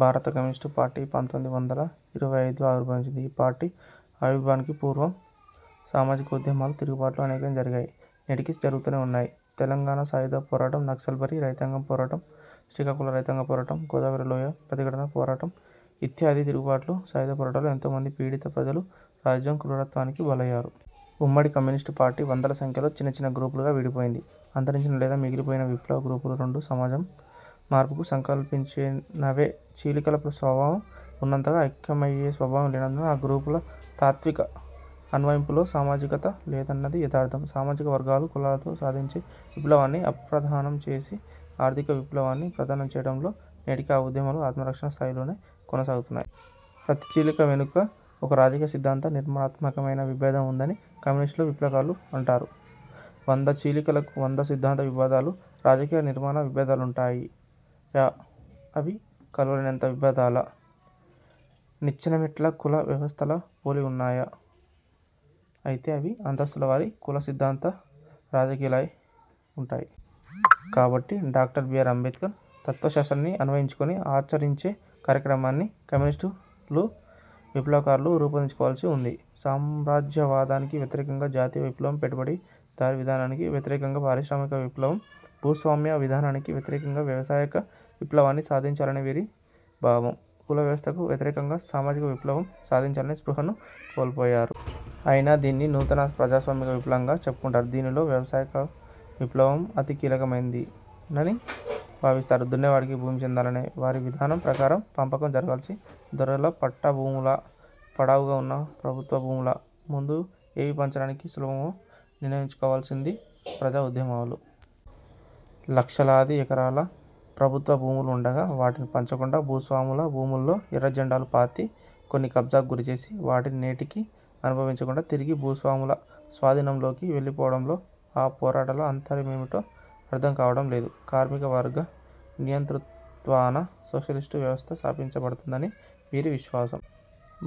భారత communist party పంతొమ్మిది వందల ఇరవై ఐదులో ఆవిర్భవించింది. ఈ పార్టీ ఆవిర్భావానికి పూర్వం సామాజిక ఉద్యమాలు, తిరుగుబాట్లు అనేకం జరిగాయి. నేటికీ జరుగుతూనే ఉన్నాయి. తెలంగాణ సాయుధ పోరాటం, నక్సల్బరీ రైతాంగం పోరాటం, శ్రీకాకుళ రైతాంగ పోరాటం, గోదావరి లోయ ప్రతిఘటన పోరాటం ఇత్యాది తిరుగుబాట్లు, సాయుధ పోరాటాల్లో ఎంతోమంది పీడిత ప్రజలు రాజ్యం క్రూరత్వానికి బలయ్యారు. ఉమ్మడి కమ్యూనిస్టు పార్టీ వందల సంఖ్యలో చిన్నచిన్న గ్రూపులుగా విడిపోయింది. అంతరించిన లేదా మిగిలిపోయిన విప్లవ గ్రూపులు రెండూ సమాజం మార్పుకు సంకల్పించినవే. చీలికల స్వభావం ఉన్నంతగా ఐక్యమయ్యే స్వభావం లేనందున ఆ గ్రూపుల తాత్విక అన్వయింపులో సామాజికత లేదన్నది యదార్థం. సామాజిక వర్గాలు, కులాలతో సాధించే విప్లవాన్ని అప్రధానం చేసి, ఆర్థిక విప్లవాన్ని ప్రధానం చేయడంతో నేటికీ ఆ ఉద్యమాలు ఆత్మ రక్షణ స్థాయిలోనే కొనసాగుతున్నాయి. ప్రతి చీలిక వెనుక ఒక రాజకీయ, సిద్ధాంత, నిర్మాణాత్మకమైన విభేదం వుందని కమ్యూనిస్టులు విప్లవకారులు అంటారు. వంద చీలికలకు వంద సిద్ధాంత విభేదాలు, రాజకీయ, నిర్మాణ విభేదాలుంటాయి యా? అవి కలువలేనంత విభేదాలా? నిచ్చెనమెట్ల కుల వ్యవస్థలా పోలి వున్నాయా? అయితే అవి అంతస్తుల వారి కుల సిద్ధాంత, రాజకీయాలై వుంటాయి! కాబట్టి డాక్టర్ బి. ఆర్. అంబేడ్కర్ తత్వశాస్త్రాన్ని అన్వయించుకుని, ఆచరించే కార్యక్రమాన్ని కమ్యూనిస్టులు, విప్లవకారులు రూపొందించుకోవాల్సి వుంది. సామ్రాజ్యవాదానికి వ్యతిరేకంగా జాతీయ విప్లవం, పెట్టుబడి దారీ విధానానికి వ్యతిరేకంగా పారిశ్రామిక విప్లవం, భూస్వామ్య విధానానికి వ్యతిరేకంగా వ్యవసాయక విప్లవాన్ని సాధించాలని వీరి భావం. కులవ్యవస్థకు వ్యతిరేకంగా సామాజిక విప్లవం సాధించాలనే స్పృహను కోల్పోయారు. అయినా, దీన్ని నూతన ప్రజాస్వామిక విప్లవంగా చెప్పుకుంటారు. దీనిలో వ్యవసాయక విప్లవం అతి కీలకమైందిదని భావిస్తారు. దున్నేవాడికి భూమి చెందాలనే వారి విధానం ప్రకారం పంపకం జరగాల్సింది దొరల పట్టా భూములా? పడావుగా ఉన్న ప్రభుత్వ భూములా? ముందు ఏవి పంచడానికి సులభమో నిర్ణయించుకోవాల్సింది ప్రజాఉద్యమాలు. లక్షలాది ఎకరాల ప్రభుత్వ భూములు ఉండగా, వాటిని పంచకుండా, భూస్వాముల భూముల్లో ఎర్రజెండాలు పాతి, కొన్ని కబ్జాకు గురిచేసి వాటిని నేటికీ అనుభవించకుండా తిరిగి భూస్వాముల స్వాధీనంలోకి వెళ్ళిపోవడంలో ఆ పోరాటాల అంతర్యమేమిటో అర్థం కావడం లేదు. కార్మిక వర్గ నియంతృత్వాన సోషలిస్టు వ్యవస్థ స్థాపించబడుతుందని వీరి విశ్వాసం.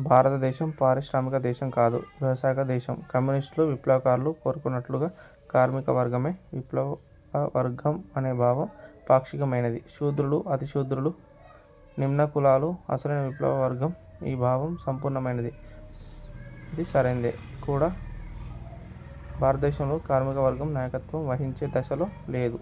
భారత దేశం పారిశ్రామిక దేశం కాదు. వ్యవసాయక దేశం. కమ్యూనిష్టులు, విప్లవకారులు కోరుకున్నట్లుగా కార్మిక వర్గమే విప్లవ వర్గం అనే భావం పాక్షికమైనది. శూద్రులు, అతి శూద్రులు, నిమ్నకులాలు అసలైన విప్లవ వర్గం. ఈ భావం సంపూర్ణమైనది సరైంది కూడా. భారతదేశంలో కార్మిక వర్గం నాయకత్వం వహించే దశలో లేదు.